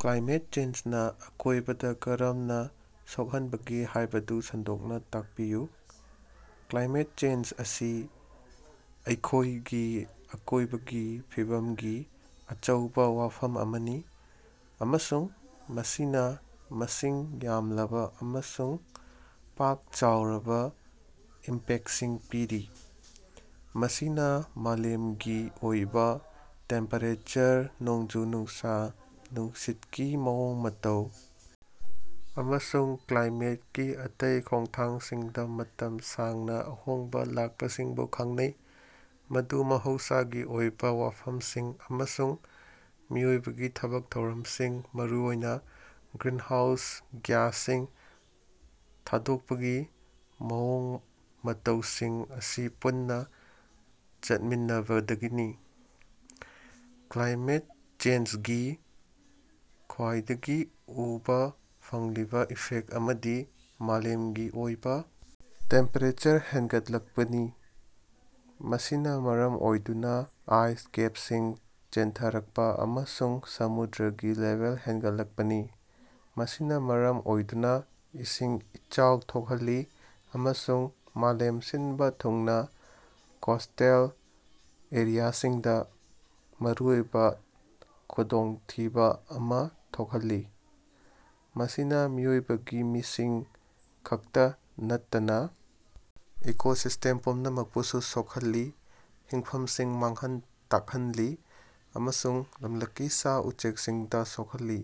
Climate ꯆꯦꯟꯖꯅꯥ ꯑꯀꯣꯏꯕꯗꯥ ꯀꯔꯝꯅꯥ ꯁꯣꯛꯍꯟꯕꯒꯦ ꯍꯥꯏꯕꯗꯨ ꯁꯟꯗꯣꯛꯅꯥ ꯇꯥꯛꯄꯤꯌꯨ꯫ ꯀ꯭ꯂꯥꯏꯃꯦꯠ ꯆꯦꯟꯖ ꯑꯁꯤ ꯑꯩꯈꯣꯏꯒꯤ ꯑꯀꯣꯏꯕꯒꯤ ꯐꯤꯕꯝꯒꯤ ꯑꯆꯧꯕꯥ ꯋꯥꯐꯝ ꯑꯃꯅꯤ ꯑꯃꯁꯨꯡ ꯃꯁꯤꯅꯥ ꯃꯁꯤꯡ ꯌꯥꯝꯂꯕꯥ ꯑꯃꯁꯨꯡ ꯄꯥꯛ ꯆꯥꯎꯔꯕꯥ ꯏꯝꯄꯦꯛꯁꯤꯡ ꯄꯤꯔꯤ꯫ ꯃꯁꯤꯅꯥ ꯃꯥꯂꯦꯝꯒꯤ ꯑꯣꯏꯕꯥ ꯇꯦꯝꯄꯦꯔꯦꯆꯔ, ꯅꯣꯡꯖꯨ-ꯅꯨꯡꯁꯥ, ꯅꯨꯡꯁꯤꯠꯀꯤ ꯃꯑꯣꯡ-ꯃꯇꯧ ꯑꯃꯁꯨꯡ ꯀ꯭ꯂꯥꯏꯃꯦꯠꯀꯤ ꯑꯇꯩ ꯈꯣꯡꯊꯥꯡꯁꯤꯡꯗꯥ ꯃꯇꯝ ꯁꯥꯡꯅꯥ ꯑꯍꯣꯡꯕꯥ ꯂꯥꯛꯄꯁꯤꯡꯕꯨ ꯈꯪꯅꯩ, ꯃꯗꯨ ꯃꯍꯧꯁꯥꯒꯤ ꯑꯣꯏꯕꯥ ꯋꯥꯐꯝꯁꯤꯡ ꯑꯃꯁꯨꯡ ꯃꯤꯑꯣꯏꯕꯒꯤ ꯊꯕꯛ-ꯊꯧꯔꯝꯁꯤꯡ, ꯃꯔꯨꯑꯣꯏꯅꯥ ꯒ꯭ꯔꯤꯟꯍꯥꯎꯁ ꯒ꯭ꯌꯥꯁꯁꯤꯡ ꯊꯥꯗꯣꯛꯄꯒꯤ ꯃꯑꯣꯡ-ꯃꯇꯧꯁꯤꯡ ꯑꯁꯤ ꯄꯨꯟꯅꯥ ꯆꯠꯃꯤꯟꯅꯕꯗꯒꯤꯅꯤ꯫ ꯀ꯭ꯂꯥꯏꯃꯦꯠ ꯆꯦꯟꯖꯒꯤ ꯈ꯭ꯋꯥꯏꯗꯒꯤ ꯎꯕꯥ ꯐꯪꯂꯤꯕꯥ ꯏꯐꯦꯛ ꯑꯃꯗꯤ ꯃꯥꯂꯦꯝꯒꯤ ꯑꯣꯏꯕꯥ ꯇꯦꯝꯄꯦꯔꯦꯆꯔ ꯍꯦꯟꯒꯠꯂꯛꯄꯅꯤ, ꯃꯁꯤꯅꯥ ꯃꯔꯝ ꯑꯣꯏꯗꯨꯅꯥ ꯑꯥꯏꯁ ꯀꯦꯞꯁꯤꯡ ꯆꯦꯟꯊꯔꯛꯄꯥ ꯑꯃꯁꯨꯡ ꯁꯃꯨꯗ꯭ꯔꯒꯤ ꯂꯦꯚꯦꯜ ꯍꯦꯟꯒꯠꯂꯛꯄꯅꯤ꯫ ꯃꯁꯤꯅꯥ ꯃꯔꯝ ꯑꯣꯏꯗꯨꯅꯥ ꯏꯁꯤꯡ ꯏꯆꯥꯎ ꯊꯣꯛꯍꯜꯂꯤ ꯑꯃꯁꯨꯡ ꯃꯥꯂꯦꯝ ꯁꯤꯟꯕꯥ ꯊꯨꯡꯅꯥ ꯀꯣꯁꯇꯦꯜ ꯑꯦꯔꯤꯌꯥꯁꯤꯡꯗꯥ ꯃꯔꯨꯑꯣꯏꯕꯥ ꯈꯨꯗꯣꯡꯊꯤꯕꯥ ꯑꯃꯥ ꯊꯣꯛꯍꯜꯂꯤ꯫ ꯃꯁꯤꯅꯥ ꯃꯤꯑꯣꯏꯕꯒꯤ ꯃꯤꯁꯤꯡ ꯈꯛꯇꯥ ꯅꯠꯇꯅꯥ ꯏꯀꯣꯁꯤꯁꯇꯦꯝ ꯄꯨꯝꯅꯃꯛꯄꯨꯁꯨ ꯁꯣꯛꯍꯜꯂꯤ, ꯍꯤꯡꯐꯝꯁꯤꯡ ꯃꯥꯡꯍꯟ ꯇꯥꯛꯍꯜꯂꯤ ꯑꯃꯁꯨꯡ ꯂꯝꯂꯛꯀꯤ ꯁꯥ-ꯎꯆꯦꯛꯁꯤꯡꯗꯥ ꯁꯣꯛꯍꯜꯂꯤ꯫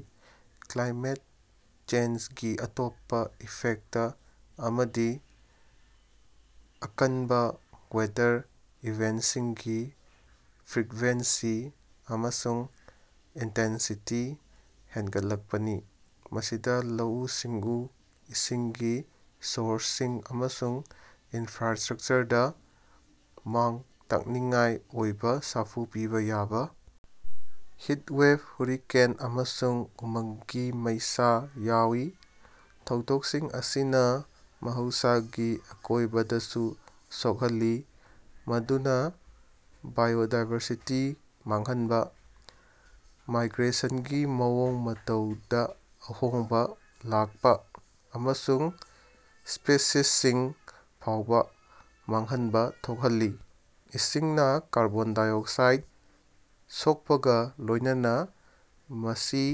ꯀ꯭ꯂꯥꯏꯃꯦꯠ ꯆꯦꯟꯖꯒꯤ ꯑꯇꯣꯞꯄꯥ ꯏꯐꯦꯛꯇ ꯑꯃꯗꯤ ꯑꯀꯟꯕꯥ ꯋꯦꯗꯔ ꯏꯚꯦꯟꯁꯤꯡꯒꯤ ꯐ꯭ꯔꯤꯛꯕꯦꯟꯁꯤ ꯑꯃꯁꯨꯡ ꯏꯟꯇꯦꯟꯁꯤꯇꯤ ꯍꯦꯟꯒꯠꯂꯛꯄꯅꯤ꯫ ꯃꯁꯤꯗꯥ ꯂꯧꯎ-ꯁꯤꯡꯎ, ꯏꯁꯤꯡꯒꯤ ꯁꯣꯔꯁꯁꯤꯡ ꯑꯃꯁꯨꯡ ꯏꯟꯐ꯭ꯔꯥꯁꯇ꯭ꯔꯛꯆꯔꯗꯥ ꯃꯥꯡ-ꯇꯥꯛꯅꯤꯡꯉꯥꯏ ꯑꯣꯏꯕꯥ ꯁꯥꯐꯨ ꯄꯤꯕꯥ ꯌꯥꯕꯥ ꯍꯤꯠꯋꯦꯕ, ꯍꯨꯔꯤꯀꯦꯟ, ꯑꯃꯁꯨꯡ ꯎꯃꯪꯒꯤ ꯃꯩꯁꯥ ꯌꯥꯎꯏ꯫ ꯊꯧꯗꯣꯛꯁꯤꯡ ꯑꯁꯤꯅꯥ ꯃꯍꯧꯁꯥꯒꯤ ꯑꯀꯣꯏꯕꯗꯁꯨ ꯁꯣꯛꯍꯜꯂꯤ, ꯃꯗꯨꯅꯥ ꯕꯥꯏꯑꯣꯗꯥꯏꯕꯔꯁꯤꯇꯤ ꯃꯥꯡꯍꯟꯕꯥ, ꯃꯥꯏꯒ꯭ꯔꯦꯁꯟꯒꯤ ꯃꯑꯣꯡ ꯃꯇꯧꯗꯥ ꯑꯍꯣꯡꯕꯥ ꯂꯥꯛꯄꯥ, ꯑꯃꯁꯨꯡ ꯁ꯭ꯄꯤꯁꯤꯁꯁꯤꯡ ꯐꯥꯎꯕꯥ ꯃꯥꯡꯍꯟꯕꯥ ꯊꯣꯛꯍꯜꯂꯤ꯫ ꯏꯁꯤꯡꯅꯥ ꯀꯥꯔꯕꯣꯟ ꯗꯥꯏꯑꯣꯛꯁꯥꯏꯠ ꯁꯣꯛꯄꯒꯥ ꯂꯣꯏꯅꯅꯥ ꯃꯁꯤ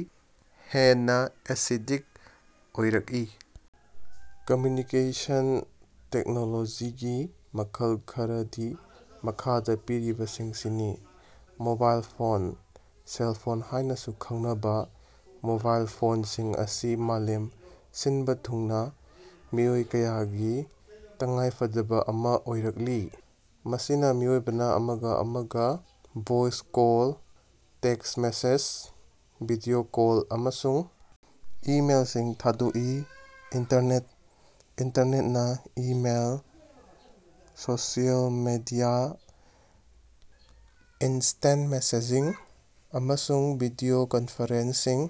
ꯍꯦꯟꯅꯥ ꯑꯦꯁꯤꯗꯤꯛ ꯑꯣꯏꯔꯛꯏ, ꯀꯝꯃ꯭ꯌꯨꯅꯤꯀꯦꯁꯟ ꯇꯦꯛꯅꯣꯂꯣꯖꯤꯒꯤ ꯃꯈꯜ ꯈꯔꯗꯤ ꯃꯈꯥꯗꯥ ꯄꯤꯔꯤꯕꯁꯤꯡꯁꯤꯅꯤ: ꯃꯣꯕꯥꯏꯜ ꯐꯣꯟ: ꯁꯦꯜꯐꯣꯟ ꯍꯥꯏꯅꯥꯁꯨ ꯈꯪꯅꯕꯥ ꯃꯣꯕꯥꯏꯜ ꯐꯣꯟꯁꯤꯡ ꯑꯁꯤ ꯃꯥꯂꯦꯝ ꯁꯤꯟꯕꯥ ꯊꯨꯡꯅꯥ ꯃꯤꯑꯣꯏ ꯀꯌꯥꯒꯤ ꯇꯉꯥꯏꯐꯗꯕꯥ ꯑꯃꯥ ꯑꯣꯏꯔꯛꯂꯤ, ꯃꯁꯤꯅꯥ ꯃꯤꯑꯣꯏꯕꯅꯥ ꯑꯃꯒꯥ ꯑꯃꯒꯥ voice call, text message, video call ꯑꯃꯁꯨꯡ ꯏꯃꯦꯜꯁꯤꯡ ꯊꯥꯗꯣꯛꯏ꯫ ꯏꯟꯇꯔꯅꯦꯠ: ꯏꯟꯇꯔꯅꯦꯠꯅꯥ email, social media, instant messaging, ꯑꯃꯁꯨꯡ ꯚꯤꯗꯤꯑꯣ ꯀꯟꯐ꯭ꯔꯦꯟꯁꯁꯤꯡ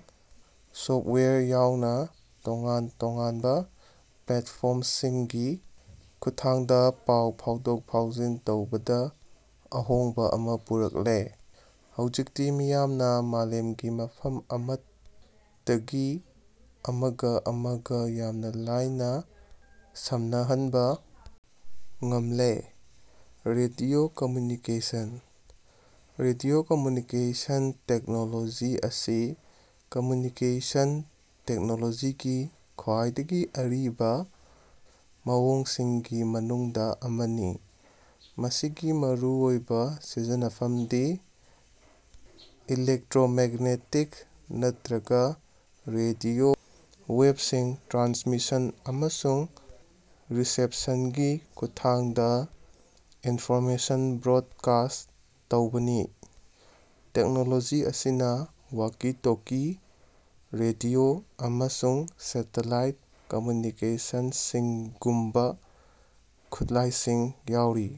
ꯁꯣꯞꯋꯥꯌꯔ ꯌꯥꯎꯅꯥ ꯇꯣꯉꯥꯟ-ꯇꯣꯉꯥꯟꯕꯥ ꯄ꯭ꯂꯦꯠꯐꯣꯔꯃꯁꯤꯡꯒꯤ ꯈꯨꯠꯊꯥꯡꯗꯥ ꯄꯥꯎ ꯐꯥꯎꯗꯣꯛ-ꯐꯥꯎꯖꯤꯟ ꯇꯧꯕꯗꯥ ꯑꯍꯣꯡꯕꯥ ꯑꯃꯥ ꯄꯨꯔꯛꯂꯦ꯫ ꯍꯧꯖꯤꯛꯇꯤ ꯃꯤꯌꯥꯝꯅꯥ ꯃꯥꯂꯦꯝꯒꯤ ꯃꯐꯝ ꯑꯃꯠꯇꯗꯒꯤ ꯑꯃꯒꯥ ꯑꯃꯒꯥ ꯌꯥꯝꯅꯥ ꯂꯥꯏꯅꯥ ꯁꯝꯅꯍꯟꯕꯥ ꯉꯝꯂꯦ꯫ Radio communication: radio communication technology ꯑꯁꯤ ꯀꯝꯃ꯭ꯌꯨꯅꯤꯀꯦꯁꯟ ꯇꯦꯛꯅꯣꯂꯣꯖꯤꯒꯤ ꯈ꯭ꯋꯥꯏꯗꯒꯤ ꯑꯔꯤꯕꯥ ꯃꯑꯣꯡꯁꯤꯡꯒꯤ ꯃꯅꯨꯡꯗꯥ ꯑꯃꯅꯤ, ꯃꯁꯤꯒꯤ ꯃꯔꯨꯑꯣꯏꯕꯥ ꯁꯤꯖꯤꯟꯅꯐꯝꯗꯤ ꯏꯂꯦꯛꯇ꯭ꯔꯣꯃꯦꯛꯅꯦꯇꯤꯛ ꯅꯠꯇ꯭ꯔꯒꯥ ꯔꯦꯗꯤꯑꯣ ꯋꯦꯞꯁꯤꯡ ꯇ꯭ꯔꯥꯟꯁꯃꯤꯁꯟ ꯑꯃꯁꯨꯡ ꯔꯤꯁꯦꯞꯁꯟꯒꯤ ꯈꯨꯠꯊꯥꯡꯗꯥ ꯏꯟꯐꯣꯔꯃꯦꯁꯟ ꯕ꯭ꯔꯣꯠꯀꯥꯁ ꯇꯧꯕꯅꯤ꯫ ꯇꯦꯛꯅꯣꯂꯣꯖꯤ ꯑꯁꯤꯅꯥ ꯋꯥꯀꯤ-ꯇꯣꯀꯤ, ꯔꯦꯗꯤꯑꯣ ꯑꯃꯁꯨꯡ ꯁꯦꯇꯦꯂꯥꯏꯠ ꯀꯝꯃ꯭ꯌꯨꯅꯤꯀꯦꯁꯟꯁꯤꯡꯒꯨꯝꯕꯥ ꯈꯨꯠꯂꯥꯏꯁꯤꯡ ꯌꯥꯎꯔꯤ꯫